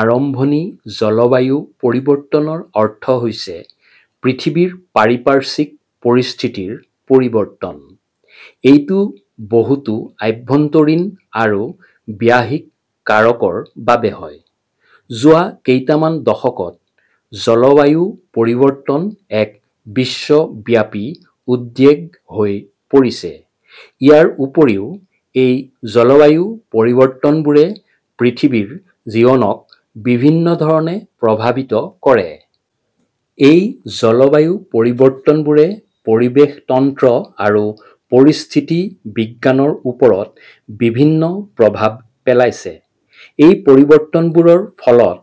আৰম্ভণি জলবায়ু পৰিৱৰ্তন ৰ অৰ্থ হৈছে পৃথিৱীৰ পাৰিপাৰ্শ্বিক পৰিস্থিতিৰ পৰিৱৰ্তন। এইটো বহুতো আভ্যন্তৰীণ আৰু বাহ্যিক কাৰকৰ বাবে হয়। যোৱা কেইটামান দশকত জলবায়ু পৰিৱৰ্তন এক বিশ্বব্যাপী উদ্বেগহৈ পৰিছে। ইয়াৰ উপৰিও, এই জলবায়ুপৰিৱৰ্তনবোৰে পৃথিৱীৰ জীৱনক বিভিন্ন ধৰণে প্ৰভাৱিত কৰে। এই জলবায়ু পৰিৱৰ্তনবোৰে পৰিৱেশ তন্ত্ৰ আৰু পৰিস্থিতিবিজ্ঞানৰ ওপৰত বিভিন্ন প্ৰভাৱ পেলাইছে। এই পৰিৱৰ্তনবোৰৰ ফলত,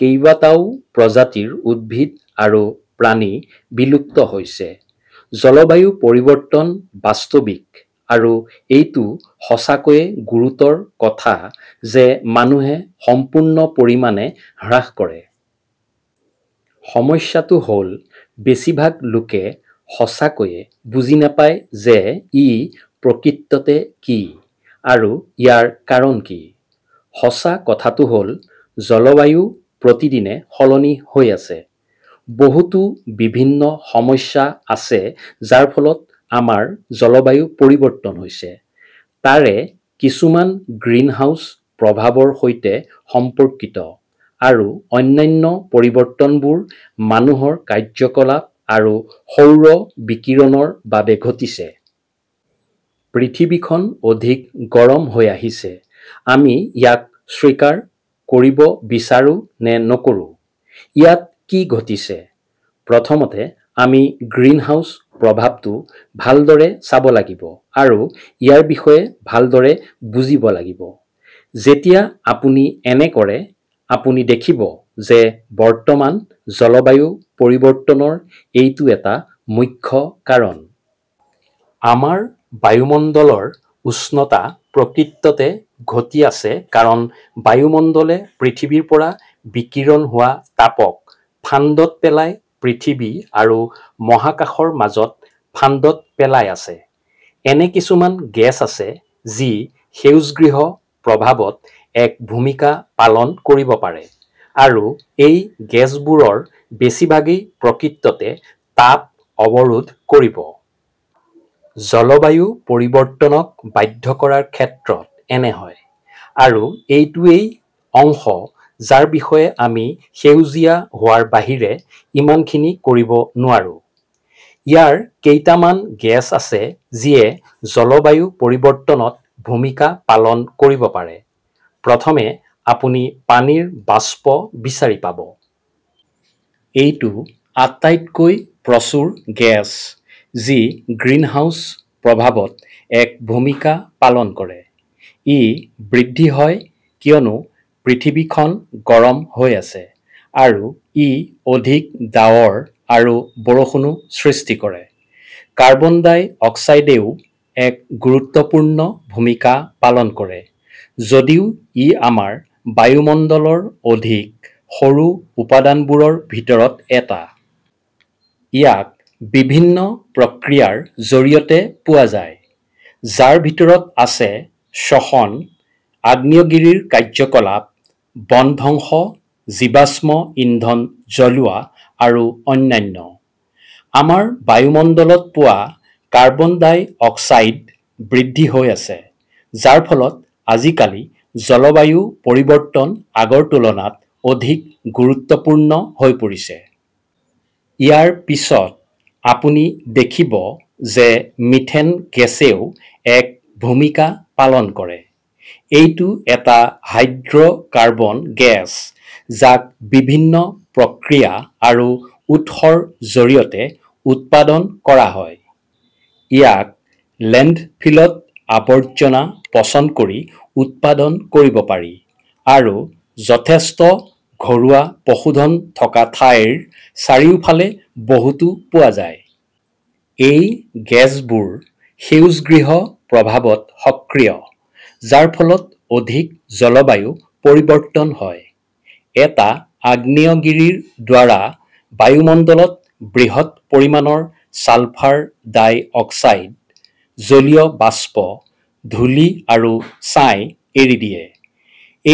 কেইবাটাও প্ৰজাতিৰ উদ্ভিদ আৰু প্ৰাণী বিলুপ্ত হৈছে। জলবায়ু পৰিৱৰ্তন বাস্তৱিক, আৰু এইটো সঁচাকৈয়ে গুৰুতৰ কথা যে মানুহে সম্পূৰ্ণ পৰিমাণে হ্ৰাস কৰে। সমস্যাটো হ'ল বেছিভাগ লোকে সঁচাকৈয়ে বুজি নাপায় যে ই প্ৰকৃততে কি, আৰু ইয়াৰ কাৰণ কি। সঁচা কথাটো হ'ল, জলবায়ু প্ৰতিদিনে সলনি হৈ আছে। বহুতো বিভিন্ন সমস্যা আছে যাৰ ফলত আমাৰ জলবায়ু পৰিৱৰ্তন হৈছে, তাৰে কিছুমান গ্ৰীণহাউচ প্ৰভাৱৰ সৈতে সম্পৰ্কিত, আৰু অন্যান্য পৰিৱৰ্তনবোৰ মানুহৰ কাৰ্যকলাপ আৰু সৌৰ বিকিৰণৰ বাবে ঘটিছে। পৃথিৱীখন অধিক গৰম হৈ আহিছে, আমি ইয়াক স্বীকাৰ কৰিব বিচাৰো নে নকৰোঁ। ইয়াত কি ঘটিছে। প্ৰথমতে, আমি গ্ৰীণহাউচ প্ৰভাৱটো ভালদৰে চাব লাগিব আৰু ইয়াৰ বিষয়ে ভালদৰে বুজিব লাগিব। যেতিয়া আপুনি এনে কৰে, আপুনি দেখিব যে বৰ্তমান জলবায়ু পৰিৱৰ্তনৰ এইটো এটা মুখ্য কাৰণ। আমাৰ বায়ুমণ্ডলৰ উষ্ণতা প্ৰকৃততে ঘটি আছে কাৰণ বায়ুমণ্ডলে পৃথিৱীৰ পৰা বিকিৰণ হোৱা তাপক ফান্দত পেলাই পৃথিৱী আৰু মহাকাশৰ মাজত ফান্দত পেলাই আছে। এনে কিছুমান গেছ আছে যি সেউজগৃহ প্ৰভাৱত এক ভূমিকা পালন কৰিব পাৰে, আৰু এই গেছবোৰৰ বেছিভাগেই প্ৰকৃততে তাপ অৱৰোধ কৰিব। জলবায়ু পৰিৱৰ্তনক বাধ্য কৰাৰ ক্ষেত্ৰত এনে হয়, আৰু এইটো ৱেই অংশ যাৰ বিষয়ে আমি সেউজীয়া হোৱাৰ বাহিৰে ইমান খিনি কৰিব নোৱাৰো। ইয়াত কেইটামান গেছ আছে যিয়ে জলবায়ু পৰিৱৰ্তনত ভূমিকা পালন কৰিব পাৰে। প্ৰথমে, আপুনি পানীৰ বাষ্প বিচাৰি পাব। এইটো আটাইতকৈ প্ৰচুৰ গেছ যি গ্ৰীণহাউচ প্ৰভাৱত এক ভূমিকা পালন কৰে। ই বৃদ্ধি হয় কিয়নো পৃথিৱী খন গৰম হৈ আছে, আৰু ই অধিক ডাৱৰ আৰু বৰষুণো সৃষ্টি কৰে। কাৰ্বন ডাই অক্সাইডেও এক গুৰুত্বপূৰ্ণ ভূমিকা পালন কৰে, যদিও ই আমাৰ বায়ুমণ্ডলৰ অধিক সৰু উপাদানবোৰৰ ভিতৰত এটা। ইয়াক বিভিন্ন প্ৰক্ৰিয়াৰ জৰিয়তে পোৱা যায়, যাৰ ভিতৰত আছে শ্বসন, আগ্নেয়গিৰিৰ কাৰ্যকলাপ, বনধ্বংস, জীৱাশ্ম ইন্ধন জ্বলোৱা, আৰু অন্যান্য। আমাৰ বায়ুমণ্ডলত পোৱা কাৰ্বন ডাই অক্সাইড বৃদ্ধি হৈ আছে, যাৰ ফলত আজিকালি জলবায়ু পৰিৱৰ্তন আগৰ তুলনাত অধিক গুৰুত্বপূৰ্ণ হৈ পৰিছে। ইয়াৰ পিছত, আপুনি দেখিব যে মিথেন গেছেও এক ভূমিকা পালন কৰে। এইটো এটা হাইড্ৰ'কাৰ্বন গেছ যাক বিভিন্ন প্ৰক্ৰিয়া আৰু উৎসৰ জৰিয়তে উৎপাদন কৰা হয়। ইয়াক লেণ্ডফিলত আৱৰ্জনা পচন কৰি উৎপাদন কৰিব পাৰি, আৰু যথেষ্ট ঘৰুৱা পশুধন থকা ঠাইৰ চাৰিওফালে বহুতো পোৱা যায়। এই গেছবোৰ সেউজগৃহ প্ৰভাৱত সক্ৰিয়, যাৰ ফলত অধিক জলবায়ু পৰিৱৰ্তন হয়। এটা আগ্নেয়গিৰিৰ দ্বাৰা বায়ুমণ্ডলত বৃহৎ পৰিমাণৰ ছালফাৰ ডাই অক্সাইড, জলীয় বাষ্প, ধূলি আৰু ছাই এৰি দিয়ে।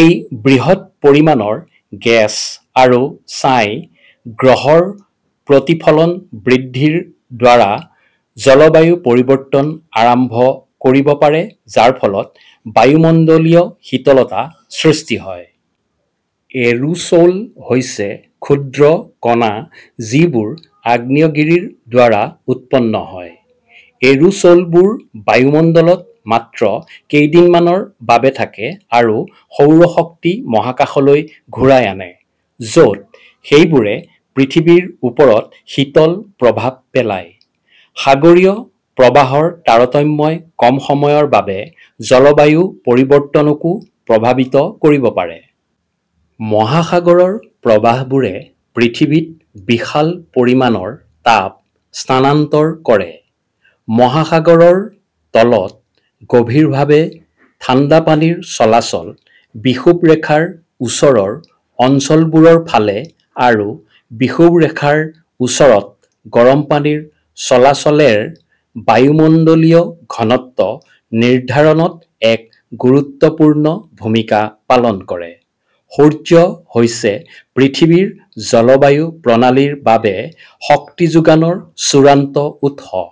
এই বৃহৎ পৰিমাণৰ গেছ আৰু ছাই গ্ৰহৰ প্ৰতিফলনবৃদ্ধি ৰ দ্বাৰা জলবায়ু পৰিৱৰ্তন আৰম্ভ কৰিব পাৰে যাৰ ফলত বায়ুমণ্ডলীয় শীতলতা সৃষ্টি হয়। এৰোচ'ল হৈছে ক্ষুদ্ৰ কণা যিবোৰ আগ্নেয়গিৰিৰ দ্বাৰা উৎপন্ন হয়। এৰোচ'লবোৰ বায়ুমণ্ডলত মাত্ৰ কেইদিনমানৰ বাবে থাকে আৰু সৌৰ শক্তি মহাকাশলৈ ঘূৰাই আনে য'ত সেইবোৰে পৃথিৱীৰ ওপৰত শীতল প্ৰভাৱ পেলায়। সাগৰীয় প্ৰবাহৰ তাৰতম্যই কম সময়ৰ বাবে জলবায়ু পৰিৱৰ্তনকো প্ৰভাৱিত কৰিব পাৰে। মহাসাগৰৰ প্ৰবাহবোৰে পৃথিৱীত বিশাল পৰিমাণৰ তাপ স্থানান্তৰ কৰে। মহাসাগৰৰ তলত গভীৰভাৱে ঠাণ্ডা পানীৰ চলাচল বিষুৱৰেখাৰ ওচৰৰ অঞ্চলবোৰৰ ফালে আৰু বিষুৱৰেখাৰ ওচৰত গৰম পানীৰ চলাচলে -ৰ বায়ুমণ্ডলীয় ঘনত্ব নিৰ্ধাৰণত এক গুৰুত্বপূৰ্ণ ভূমিকা পালন কৰে সূৰ্য হৈছে পৃথিৱীৰ জলবায়ু প্ৰণালীৰ বাবে শক্তিযোগানৰ চূড়ান্ত উৎস।